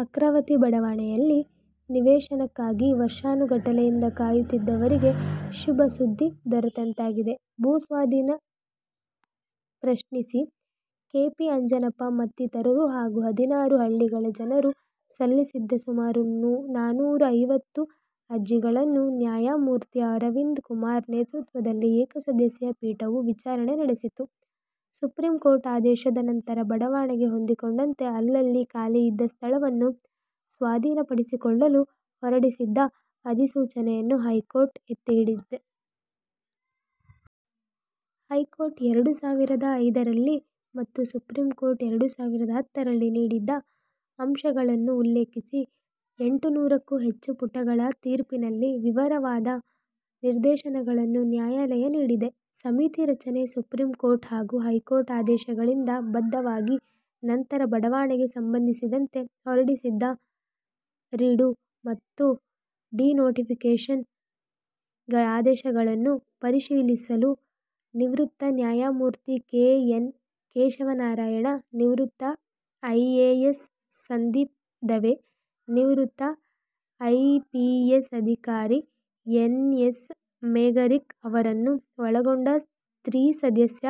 ಅರ್ಕಾವತಿ ಬಡಾವಣೆಯಲ್ಲಿ ನಿವೇಶನಕ್ಕಾಗಿ ವರ್ಷಾನುಗಟ್ಟಲೆಯಿಂದ ಕಾಯುತ್ತಿದ್ದವರಿಗೆ ಶುಭ ಸುದ್ದಿ ದೊರೆತಂತಾಗಿದೆ. ಭೂಸ್ವಾಧೀನ ಪ್ರಶ್ನಿಸಿ ಕೆ ಪಿ ಅಂಜನಪ್ಪ ಮತ್ತಿತರರು ಹಾಗೂ ಹದಿನಾರು ಹಳ್ಳಿಗಳ ಜನರು ಸಲ್ಲಿಸಿದ್ದ ಸುಮಾರು ನಾನೂರಾ ಐವತ್ತು ಅರ್ಜಿಗಳನ್ನು ನ್ಯಾಯಮೂರ್ತಿ ಅರವಿಂದ್ ಕುಮಾರ್ ನೇತೃತ್ವದ ಏಕಸದಸ್ಯ ಪೀಠವು ವಿಚಾರಣೆ ನಡೆಸಿತ್ತು. ಸುಪ್ರೀಂಕೋರ್ಟ್ ಆದೇಶದ ನಂತರ ಬಡಾವಣೆಗೆ ಹೊಂದಿಕೊಂಡಂತೆ ಅಲ್ಲಲ್ಲಿ ಖಾಲಿ ಇದ್ದ ಸ್ಥಳವನ್ನು ಸ್ವಾಧೀನಪಡಿಸಿಕೊಳ್ಳಲು ಹೊರಡಿಸಿದ್ದ ಅಧಿಸೂಚನೆಯನ್ನು ಹೈಕೋರ್ಟ್ ಎತ್ತಿಹಿಡಿದಿದೆ. ಹೈಕೋರ್ಟ್ ಎರಡು ಸಾವಿರದ ಐದರಲ್ಲಿ ಮತ್ತು ಸುಪ್ರೀಂಕೋರ್ಟ್ ಎರಡು ಸಾವಿರದ ಹತ್ತರಲ್ಲಿ ನೀಡಿದ್ದ ಅಂಶಗಳನ್ನು ಉಲ್ಲೇಖಿಸಿ ಎಂಟುನೂರಕ್ಕೂ ಹೆಚ್ಚು ಪುಟಗಳ ತೀರ್ಪಿನಲ್ಲಿ ವಿವರವಾದ ನಿರ್ದೇಶನಗಳನ್ನು ನ್ಯಾಯಾಲಯ ನೀಡಿದೆ. ಸಮಿತಿ ರಚನೆ ಸುಪ್ರೀಂ ಕೋರ್ಟ್ ಹಾಗೂ ಹೈಕೋರ್ಟ್ ಆದೇಶಗಳಿಗೆ ಬದ್ಧವಾಗಿ ನಂತರ ಬಡಾವಣೆಗೆ ಸಂಬಂಧಿಸಿದಂತೆ ಹೊರಡಿಸಿದ್ದ ರಿಡೂ ಮತ್ತು ಡಿನೋಟಿಫಿಕೇಷನ್ ಆದೇಶಗಳನ್ನು ಪರಿಶೀಲಿಸಲು ನಿವೃತ್ತ ನ್ಯಾಯಮೂರ್ತಿ ಕೆ ಎನ್ ಕೇಶವನಾರಾಯಣ, ನಿವೃತ್ತ ಐಎಎಸ್ ಸಂದೀಪ್ ದವೆ, ನಿವೃತ್ತ ಐಪಿಎಸ್ ಅಧಿಕಾರಿ ಎನ್ ಎಸ್ ಮೇಘರಿಕ್ ಅವರನ್ನು ಒಳಗೊಂಡ ತ್ರಿಸದಸ್ಯ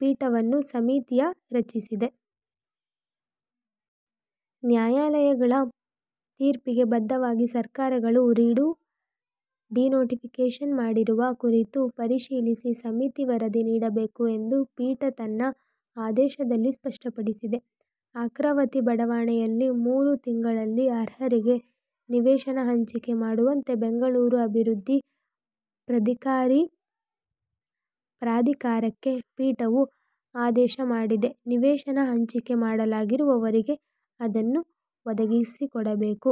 ಪೀಠವನ್ನು ಸಮಿತಿಯ ರಚಿಸಿದೆ. ನ್ಯಾಯಾಲಯಗಳ ತೀರ್ಪಿಗೆ ಬದ್ದವಾಗಿ ಸರ್ಕಾರಗಳು ರಿಡೂ, ಡಿನೋಟಿಫಿಕೇಷನ್ ಮಾಡಿರುವ ಕುರಿತು ಪರಿಶೀಲಿಸಿ ಸಮಿತಿ ವರದಿ ನೀಡಬೇಕು ಎಂದು ಪೀಠ ತನ್ನ ಆದೇಶದಲ್ಲಿ ಸ್ಪಷ್ಟಪಡಿಸಿದೆ. ಅರ್ಕಾವತಿ ಬಡಾವಣೆಯಲ್ಲಿ ಮೂರು ತಿಂಗಳಲ್ಲಿ ಅರ್ಹರಿಗೆ ನಿವೇಶನ ಹಂಚಿಕೆ ಮಾಡುವಂತೆ ಬೆಂಗಳೂರು ಅಭಿವೃದ್ಧಿ ಪ್ರಾಧಿಕಾರಕ್ಕೆ ಪೀಠವು ಆದೇಶ ಮಾಡಿದೆ. ನಿವೇಶನ ಹಂಚಿಕೆ ಮಾಡಲಾಗಿರುವವರಿಗೆ ಅದನ್ನು ಒದಗಿಸಿಕೊಡಬೇಕು.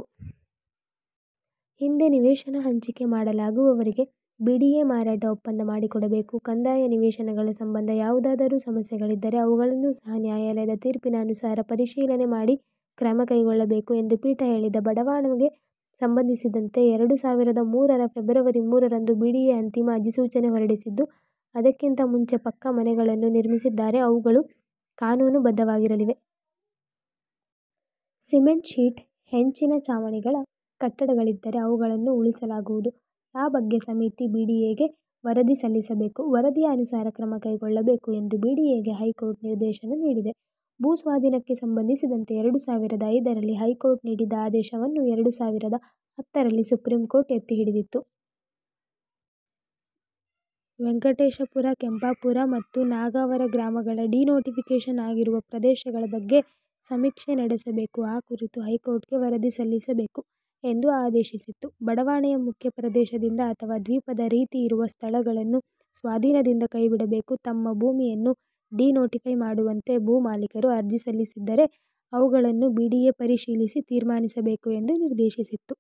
ಹಿಂದೆ ನಿವೇಶನ ಹಂಚಿಕೆ ಮಾಡಲಾಗಿರುವವರಿಗೆ ಬಿಡಿಎ ಮಾರಾಟ ಒಪ್ಪಂದ ಮಾಡಿಕೊಡಬೇಕು. ಕಂದಾಯ ನಿವೇಶನಗಳ ಸಂಬಂಧ ಯಾವುದಾದರೂ ಸಮಸ್ಯೆಗಳಿದ್ದರೆ ಅವುಗಳನ್ನೂ ಸಹ ನ್ಯಾಯಾಲಯದ ತೀರ್ಪಿನ ಅನುಸಾರ ಪರಿಶೀಲನೆ ಮಾಡಿ ಕ್ರಮ ಕೈಗೊಳ್ಳಬೇಕು ಎಂದು ಪೀಠ ಹೇಳಿದೆ. ಬಡಾವಣೆಗೆ ಸಂಬಂಧಿಸಿದಂತೆ ಎರಡು ಸಾವಿರದ ಮೂರರ ಫೆಬ್ರುವರಿ ಮೂರರಂದು ಬಿಡಿಎ ಅಂತಿಮ ಅಧಿಸೂಚನೆ ಹೊರಡಿಸಿದ್ದು, ಅದಕ್ಕಿಂತ ಮುಂಚೆ ಪಕ್ಕಾ ಮನೆಗಳನ್ನು ನಿರ್ಮಿಸಿದ್ದರೆ ಅವುಗಳು ಕಾನೂನು ಬದ್ಧವಾಗಿರಲಿವೆ. ಸಿಮೆಂಟ್ ಶೀಟ್, ಹೆಂಚಿನ ಚಾವಣಿಗಳ ಕಟ್ಟಡಗಳಿದ್ದರೆ ಅವುಗಳನ್ನು ಉಳಿಸಲಾಗದು. ಆ ಬಗ್ಗೆ ಸಮಿತಿ ಬಿಡಿಎಗೆ ವರದಿ ಸಲ್ಲಿಸಬೇಕು. ವರದಿಯ ಅನುಸಾರ ಕ್ರಮ ಕೈಗೊಳ್ಳಬೇಕು ಎಂದು ಬಿಡಿಎಗೆ ಹೈಕೋರ್ಟ್ ನಿರ್ದೇಶನ ನೀಡಿದೆ. ಭೂಸ್ವಾಧೀನಕ್ಕೆ ಸಂಬಂಧಿಸಿದಂತೆ ಎರಡು ಸಾವಿರದ ಐದರಲ್ಲಿ ಹೈಕೋರ್ಟ್ ನೀಡಿದ್ದ ಆದೇಶವನ್ನು ಎರಡು ಸಾವಿರದ ಹತ್ತರಲ್ಲಿ ಸುಪ್ರೀಂಕೋರ್ಟ್ ಎತ್ತಿ ಹಿಡಿದಿತ್ತು. ವೆಂಕಟೇಶಪುರ, ಕೆಂಪಾಪುರ ಮತ್ತು ನಾಗಾವಾರ ಗ್ರಾಮಗಳ ಡಿನೋಟಿಫಿಕೇಷನ್ ಆಗಿರುವ ಪ್ರದೇಶಗಳ ಬಗ್ಗೆ ಸಮೀಕ್ಷೆ ನಡೆಸಬೇಕು. ಆ ಕುರಿತು ಹೈಕೋರ್ಟ್ಗೆ ವರದಿ ಸಲ್ಲಿಸಬೇಕು ಎಂದು ಆದೇಶಿಸಿತ್ತು. ಬಡಾವಣೆಯ ಮುಖ್ಯ ಪ್ರದೇಶದಿಂದ ಅಥವಾ ದ್ವೀಪದ ರೀತಿ ಇರುವ ಸ್ಥಳಗಳನ್ನು ಸ್ವಾಧೀನದಿಂದ ಕೈ ಬಿಡಬೇಕು. ತಮ್ಮ ಭೂಮಿಯನ್ನೂ ಡಿನೋಟಿಫೈ ಮಾಡುವಂತೆ ಭೂ ಮಾಲೀಕರು ಅರ್ಜಿ ಸಲ್ಲಿಸಿದರೆ ಅವುಗಳನ್ನು ಬಿಡಿಎ ಪರಿಶೀಲಿಸಿ ತೀರ್ಮಾನಿಸಬೇಕು ಎಂದು ನಿರ್ದೇಶಿಸಿತ್ತು.